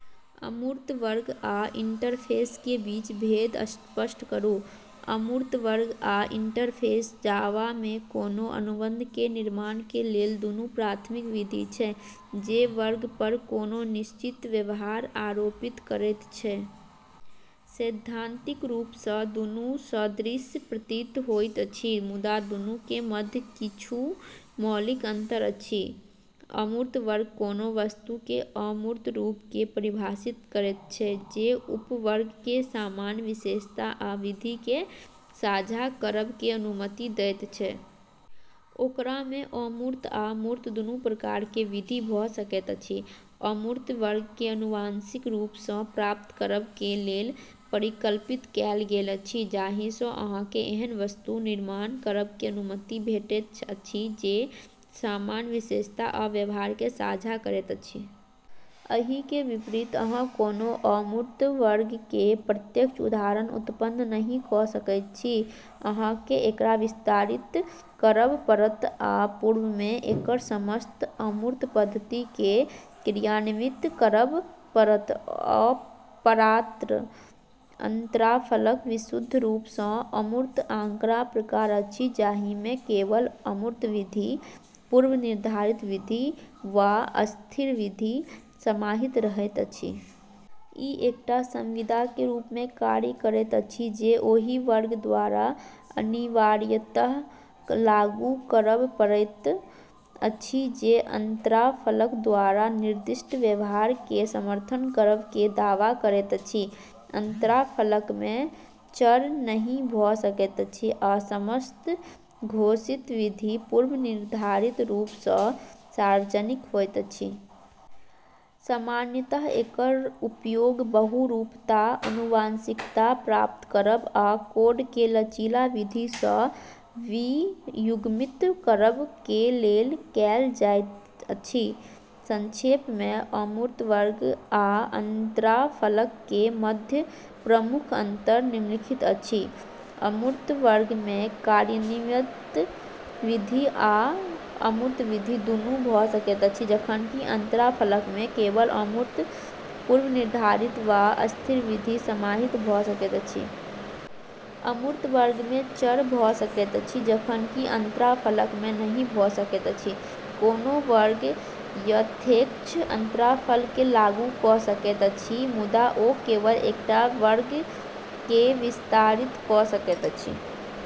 अमूर्त वर्ग आ इंटरफेस के बीच भेद स्पष्ट करू। अमूर्त वर्ग आ इंटरफ़ेस जावा मे कोनो अनुबंध के निर्माण के लेल दुनू प्राथमिक विधि छै, जे वर्ग पर कोनो निश्चित व्यवहार आरोपित करैत छै। सैद्धांतिक रूप सँ दुनू सदृश प्रतीत होइत अछि, मुदा दुनू के मध्य किछु मौलिक अंतर अछि। अमूर्त वर्ग कोनो वस्तु के अमूर्त रूप के परिभाषित करैत छै, जे उपवर्ग के सामान्य विशेषता आ विधि के साझा करब के अनुमति दैत छै। ओकरा में अमूर्त आ मूर्त दुनू प्रकार के विधि भऽ सकैत अछि। अमूर्त वर्ग के आनुवंशिक रूप सँ प्राप्त करब के लेल परिकल्पित कएल गेल अछि, जाहि सँ अहाँ केँ एहन वस्तु निर्माण करब के अनुमति भेटैत अछि जे सामान्य विशेषता आ व्यवहार के साझा करैत अछि। एहि के विपरीत, अहाँ कोनो अमूर्त वर्ग के प्रत्यक्ष उदाहरण उत्पन्न नहि कऽ सकैत छी; अहाँ केँ एकरा विस्तारित करब पड़त आ पूर्व में एकर समस्त अमूर्त पद्धति के क्रियान्वित करब पड़त। अपरात्र, अंतराफलक विशुद्ध रूप सँ अमूर्त आँकड़ा प्रकार अछि जहि में केवल अमूर्त विधि, पूर्वनिर्धारित विधि, वा स्थिर विधि समाहित रहैत अछि। ई एकटा संविदा के रूप में कार्य करैत अछि जे ओहि वर्ग द्वारा अनिवार्यतः लागू करब पड़ैत अछि जे अंतराफलक द्वारा निर्दिष्ट व्यवहार के समर्थन करब के दावा करैत अछि। अंतराफलक में चर नहि भऽ सकैत अछि, आ समस्त घोषित विधि पूर्वनिर्धारित रूप सँ सार्वजनिक होइत अछि। सामान्यतः एकर उपयोग बहुरूपता, आनुवंशिकता प्राप्त करब, आ कोड के लचीला विधि सँ वियुग्मित करब के लेल कएल जाइत अछि। संक्षेप में, अमूर्त वर्ग आ अंतराफलक के मध्य प्रमुख अंतर निम्नलिखित अछि: अमूर्त वर्ग में कार्यन्वित विधि आ अमूर्त विधि, दुनू भऽ सकैत अछि, जखन कि अंतराफलक में केवल अमूर्त, पूर्वनिर्धारित वा स्थिर विधि समाहित भऽ सकैत अछि। अमूर्त वर्ग में चर भऽ सकैत अछि, जखन कि अंतराफलक में नहि भऽ सकैत अछि। कोनो वर्ग यथेच्छ अंतराफलक के लागू कऽ सकैत अछि, मुदा ओ केवल एकटा वर्ग के विस्तारित कऽ सकैत अछि।